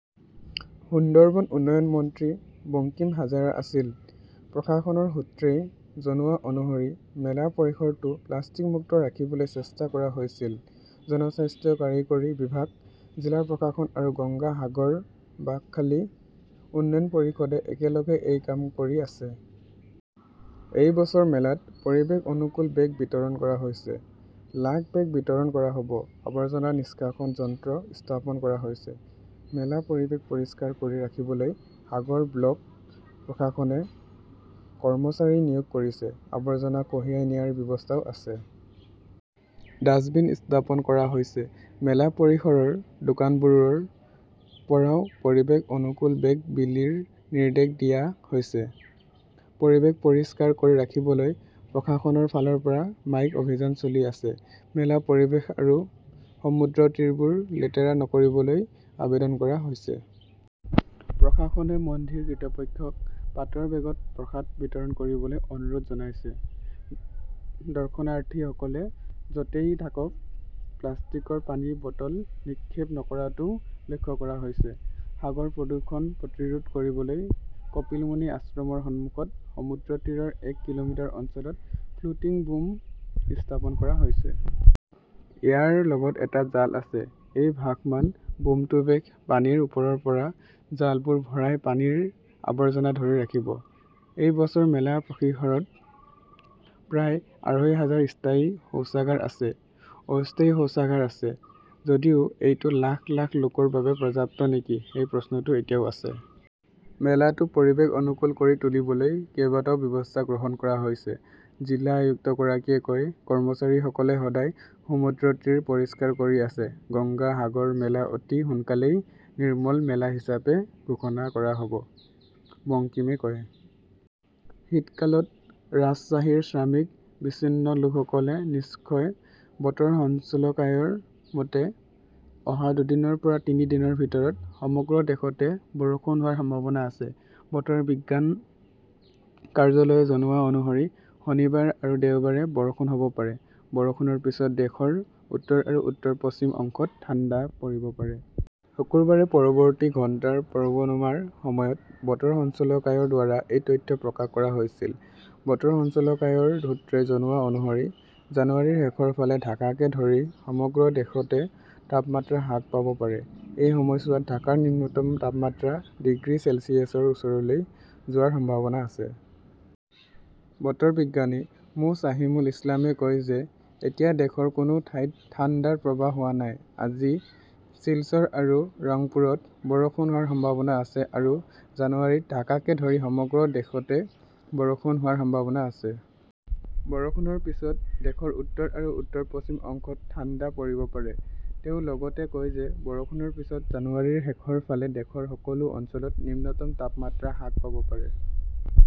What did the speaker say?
সুন্দৰবন উন্নয়ন মন্ত্ৰী বঙ্কিম হাজাৰা আছিল। প্ৰশাসনৰ সূত্ৰই জনোৱা অনুসৰি মেলা পৰিসৰটো প্লাষ্টিক মুক্ত ৰাখিবলৈ চেষ্টা কৰা হৈছে। জনস্বাস্থ্য কাৰিকৰী বিভাগ, জিলা প্ৰশাসন আৰু গংগা সাগৰ বাকখালী উন্নয়ন পৰিষদে একেলগে এই কাম কৰি আছে। এই বছৰ মেলাত পৰিৱেশ অনুকূল বেগ বিতৰণ কৰা হৈছে। লাখ বেগ বিতৰণ কৰা হ'ব। আৱৰ্জনা নিষ্কাশন যন্ত্ৰ স্থাপন কৰা হৈছে। মেলা পৰিৱেশ পৰিষ্কাৰ কৰি ৰাখিবলৈ সাগৰ ব্লক প্ৰশাসনে কৰ্মচাৰী নিয়োগ কৰিছে। আৱৰ্জনা কঢ়িয়াই নিয়াৰ ব্যৱস্থাও আছে। ডাষ্টবিন স্থাপন কৰা হৈছে। মেলা পৰিসৰৰ দোকানবোৰৰ পৰাও পৰিৱেশ-অনুকূল বেগ বিলিৰ নিৰ্দেশ দিয়া হৈছে। পৰিৱেশ পৰিষ্কাৰ কৰি ৰাখিবলৈ প্ৰশাসনৰ ফালৰ পৰা মাইক অভিযান চলি আছে। মেলা পৰিৱেশ আৰু সমুদ্ৰতীৰবোৰ লেতেৰা নকৰিবলৈ আবেদন কৰা হৈছে। প্ৰশাসনে মন্দিৰ কৰ্তৃপক্ষক পাটৰ বেগত প্ৰসাদ বিতৰণ কৰিবলৈ অনুৰোধ জনাইছে। দৰ্শনাৰ্থীসকলে য'তেই থাকক প্লাষ্টিকৰ পানীৰ বটল নিক্ষেপ নকৰাটোও লক্ষ্য কৰা হৈছে। সাগৰ প্ৰদূষণ প্ৰতিৰোধ কৰিবলৈ কপিলমুনি আশ্ৰমৰ সন্মুখত সমুদ্ৰতীৰৰ এক কিলোমিটাৰ অঞ্চলত ফ্লোটিং বুম স্থাপন কৰা হৈছে। ইয়াৰ লগত এটা জাল আছে। এই ভাসমান বুমটোৱেশ পানীৰ ওপৰৰ পৰা জালবোৰ ভৰাই পানীৰ আৱৰ্জনা ধৰি ৰাখিব। এই বছৰ মেলা পৰিসৰত প্ৰায় আঢ়ৈ হাজাৰ স্থায়ী শৌচাগাৰ আছে, অস্থায়ী শৌচাগাৰ আছে। যদিও এইটো লাখ লাখ লোকৰ বাবে পৰ্যাপ্ত নেকি সেই প্ৰশ্নটো এতিয়াও আছে। "মেলাটো পৰিৱেশ অনুকূল কৰি তুলিবলৈ কেইবাটাও ব্যৱস্থা গ্ৰহণ কৰা হৈছে", জিলা আয়ুক্তগৰাকীয়ে কয়। কৰ্মচাৰীসকলে সদায় সমুদ্ৰতীৰ পৰিষ্কাৰ কৰি আছে। "গংগা সাগৰ মেলা অতি সোনকালেই নিৰ্মল মেলা হিচাপে ঘোষণা কৰা হ'ব ", বঙ্কিমই কয়। শীতকালত ৰাজশ্বাহীৰ শ্ৰমিক বিচ্ছিন্ন লোকসকল নিষ্ক্ৰিয় বতৰ সঞ্চালকালয়ৰ মতে, অহা দুদিনৰ পৰা তিনি দিনৰ ভিতৰত সমগ্ৰ দেশতে বৰষুণ হোৱাৰ সম্ভাৱনা আছে। বতৰ বিজ্ঞান কাৰ্যালয়ে জনোৱা অনুসৰি শনিবাৰ আৰু দেওবাৰে বৰষুণ হ'ব পাৰে। বৰষুণৰ পিছত দেশৰ উত্তৰ আৰু উত্তৰ-পশ্চিম অংশত ঠাণ্ডা পৰিব পাৰে। শুক্ৰবাৰে পৰৱৰ্তী ঘণ্টাৰ পূৰ্বানুমানৰ সময়ত বতৰ সঞ্চালকালয়ৰ দ্বাৰা এই তথ্য প্ৰকাশ কৰা হৈছিল। বতৰ সঞ্চালকালয়ৰ সূত্ৰই জনোৱা অনুসৰি জানুৱাৰীৰ শেষৰ ফালে ঢাকাকে ধৰি সমগ্ৰ দেশতে তাপমাত্ৰা হ্ৰাস পাব পাৰে। এই সময়ছোৱাত ঢাকাৰ নিম্নতম তাপমাত্ৰা ডিগ্ৰী চেলছিয়াছৰ ওচৰলৈ যোৱাৰ সম্ভাৱনা আছে। বতৰ বিজ্ঞানী মো. শ্বাহিনুল ইছলামে কয় যে, এতিয়া দেশৰ কোনো ঠাইত ঠাণ্ডাৰ প্ৰৱাহ হোৱা নাই। আজি শিলচৰ আৰু ৰাংপুৰত বৰষুণ হোৱাৰ সম্ভাৱনা আছে আৰু জানুৱাৰীত ঢাকাকে ধৰি সমগ্ৰ দেশতে বৰষুণ হোৱাৰ সম্ভাৱনা আছে। বৰষুণৰ পিছত দেশৰ উত্তৰ আৰু উত্তৰ-পশ্চিম অংশত ঠাণ্ডা পৰিব পাৰে। তেওঁ লগতে কয় যে বৰষুণৰ পিছত জানুৱাৰীৰ শেষৰ ফালে দেশৰ সকলো অঞ্চলত নিম্নতম তাপমাত্ৰা হ্ৰাস পাব পাৰে।